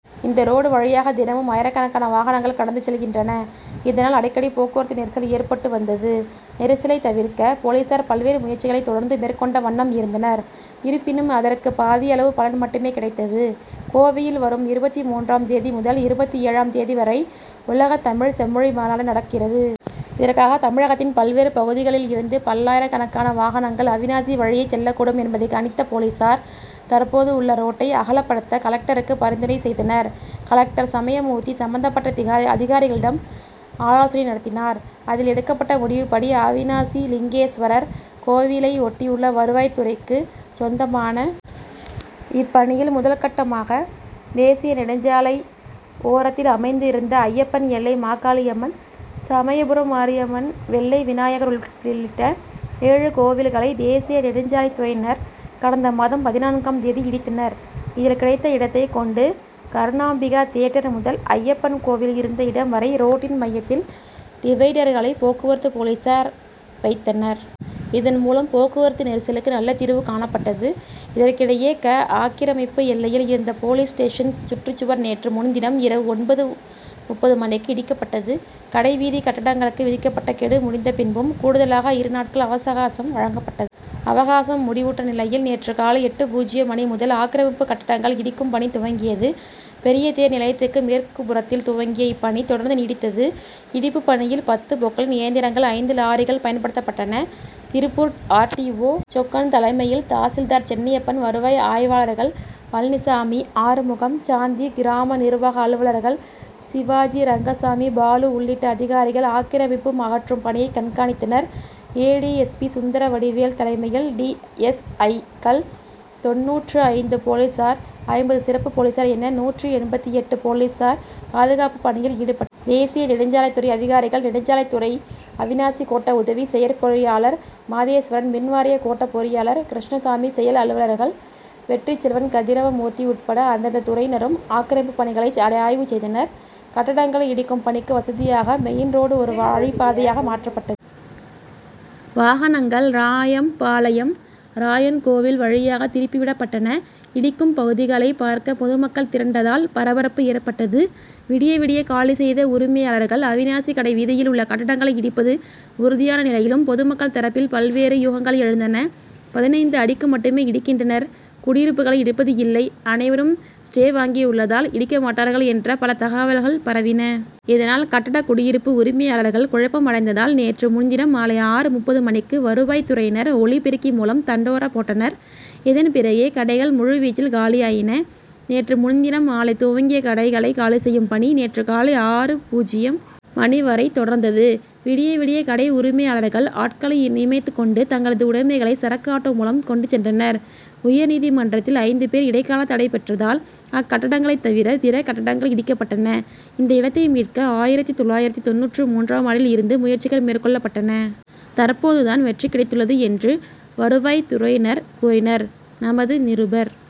இந்த ரோடு வழியாக தினமும் ஆயிரக்கணக்கான வாகனங்கள் கடந்து செல்கின்றன. இதனால் அடிக்கடி போக்குவரத்து நெரிசல் ஏற்பட்டு வந்தது. நெரிசலை தவிர்க்க போலீசார் பல்வேறு முயற்சிகளை தொடர்ந்து மேற்கொண்ட வண்ணம் இருந்தனர். இருப்பினும் அதற்கு பாதியளவு பலன் மட்டுமே கிடைத்தது. கோவையில் வரும் இருபத்து மூன்றாம் தேதி முதல் இருபத்தேழாம் தேதி வரை உலகத் தமிழ்ச் செம்மொழி மாநாடு நடக்கிறது. இதற்காக தமிழகத்தின் பல்வேறு பகுதிகளில் இருந்து பல்லாயிரக்கணக்கான வாகனங்கள் அவிநாசி வழியே செல்லக்கூடும் என்பதை கணித்த போலீசார் தற்போதுள்ள ரோட்டை அகலப்படுத்த கலெக்டருக்கு பரிந்துரை செய்தனர். கலெக்டர் சமயமூர்த்தி சம்பந்தப்பட்ட அதிகாரிகளிடம் ஆலோசனை நடத்தினார். அதில் எடுக்கப்பட்ட முடிவுப்படி அவிநாசிலிங்கேஸ்வரர் கோவிலை ஒட்டியுள்ள வருவாய்த்துறைக்கு சொந்தமான இப்பணியில் முதல்கட்டமாக தேசிய நெடுஞ்சாலை ஓரத்தில் அமைந்திருந்த அய்யப்பன் எல்லை மாகாளியம்மன் சமயபுரம் மாரியம்மன் வெள்ளை விநாயகர் உள்ளிட்ட ஏழு கோவில்களை தேசிய நெடுஞ்சாலைத்துறையினர் கடந்த மாதம் பதினான்காம் தேதி இடித்தனர். இதில் கிடைத்த இடத்தை கொண்டு கருணாம்பிகா தியேட்டர் முதல் அய்யப்பன் கோவில் இருந்த இடம் வரை ரோட்டின் மையத்தில் டிவைடர்களை போக்குவரத்து போலீசார் வைத்தனர். இதன் மூலம் போக்குவரத்து நெரிசலுக்கு நல்ல தீர்வு காணப்பட்டது. இதற்கிடையே க. ஆக்கிரமிப்பு எல்லையில் இருந்த போலீஸ் ஸ்டேஷன் சுற்றுச்சுவர் நேற்று முன்தினம் இரவு ஒன்பது.முப்பது மணிக்கு இடிக்கப்பட்டது. கடை வீதி கட்டடங்களுக்கு விதிக்கப்பட்ட கெடு முடிந்த பின்பும் கூடுதலாக இரு நாட்கள் அவசகாசம் வழங்கப்பட்டது. அவகாசம் முடிவுற்ற நிலையில் நேற்று காலை எட்டு.பூஜ்யம் மணி முதல் ஆக்கிரமிப்பு கட்டடங்கள் இடிக்கும் பணி துவங்கியது. பெரிய தேர் நிலையத்துக்கு மேற்குப்புறத்தில் துவங்கிய இப்பணி தொடர்ந்து நீடித்தது. இடிப்பு பணியில் பத்து பொக்லைன் இயந்திரங்கள் ஐந்து லாரிகள் பயன்படுத்தப்பட்டன. Tiruppur R. T. O. Chokkan தலைமையில் தாசில்தார் சென்னியப்பன் வருவாய் ஆய்வாளர்கள் பழனிசாமி ஆறுமுகம் சாந்தி கிராம நிர்வாக அலுவலர்கள் சிவாஜி ரங்கசாமி பாலு உள்ளிட்ட அதிகாரிகள் ஆக்கிரமிப்பு அகற்றும் பணியை கண்காணித்தனர். A. D. S. P. Sundaravadivel தலைமையில் டி. எஸ். ஐ.க்கள் தொண்ணூற்று ஐந்து போலீசார் ஐம்பது சிறப்பு போலீசார் என நூற்று எண்பத்தெட்டு போலீசார் பாதுகாப்பு பணியில் ஈடுபட்டு தேசிய நெடுஞ்சாலைத்துறை அதிகாரிகள் நெடுஞ்சாலைத்துறை அவிநாசி கோட்ட உதவி செயற்பொறியாளர் மாதேஸ்வரன் மின்வாரிய கோட்ட பொறியாளர் கிருஷ்ணசாமி செயல் அலுவலர்கள் வெற்றிச்செல்வன் கதிரவமூர்த்தி உட்பட அந்தந்த துறையினரும் ஆக்கிரமிப்பு பணிகளை ஆய்வு செய்தனர். கட்டடங்களை இடிக்கும் பணிக்கு வசதியாக மெயின் ரோடு ஒரு வழிப்பாதையாக மாற்றப்பட்டது. வாகனங்கள் ராயம்பாளையம் ராயன் கோவில் வழியாக திருப்பி விடப்பட்டன. இடிக்கும் பகுதிகளை பார்க்க பொதுமக்கள் திரண்டதால் பரபரப்பு ஏற்பட்டது. விடிய விடிய காலி செய்த உரிமையாளர்கள் அவிநாசி கடை வீதியில் உள்ள கட்டடங்களை இடிப்பது உறுதியான நிலையிலும் பொதுமக்கள் தரப்பில் பல்வேறு யூகங்கள் எழுந்தன. பதினைந்து அடிக்கு மட்டுமே இடிக்கின்றனர் குடியிருப்புகளை இடிப்பதில்லை அனைவரும் ஸ்டே வாங்கியுள்ளதால் இடிக்க மாட்டார்கள் என்ற பல தகவல்கள் பரவின. இதனால் கட்டட குடியிருப்பு உரிமையாளர்கள் குழப்பம் அடைந்ததால் நேற்று முன்தினம் மாலை ஆறு.முப்பது மணிக்கு வருவாய்த்துறையினர் ஒலி பெருக்கி மூலம் தண்டோரா போட்டனர். இதன் பிறகே கடைகள் முழு வீச்சில் காலியாயின. நேற்று முன்தினம் மாலை துவங்கிய கடைகளை காலி செய்யும் பணி நேற்று காலை ஆறு.பூஜ்யம் மணி வரை தொடர்ந்தது. விடிய விடிய கடை உரிமையாளர்கள் ஆட்களை நியமித்துக் கொண்டு தங்களது உடைமைகளை சரக்கு ஆட்டோ மூலம் கொண்டு சென்றனர். உயர் நீதிமன்றத்தில் ஐந்து பேர் இடைக்கால தடை பெற்றதால் அக்கட்டடங்களை தவிர பிற கட்டடங்கள் இடிக்கப்பட்டன. இந்த இடத்தை மீட்க ஆயிரத்து தொள்ளாயிரத்து தொண்ணூற்று மூன்றாம் ஆண்டில் இருந்து முயற்சிகள் மேற்கொள்ளப்பட்டன. தற்போது தான் வெற்றி கிடைத்துள்ளது என்று வருவாய்த்துறையினர் கூறினர். நமது நிருபர் -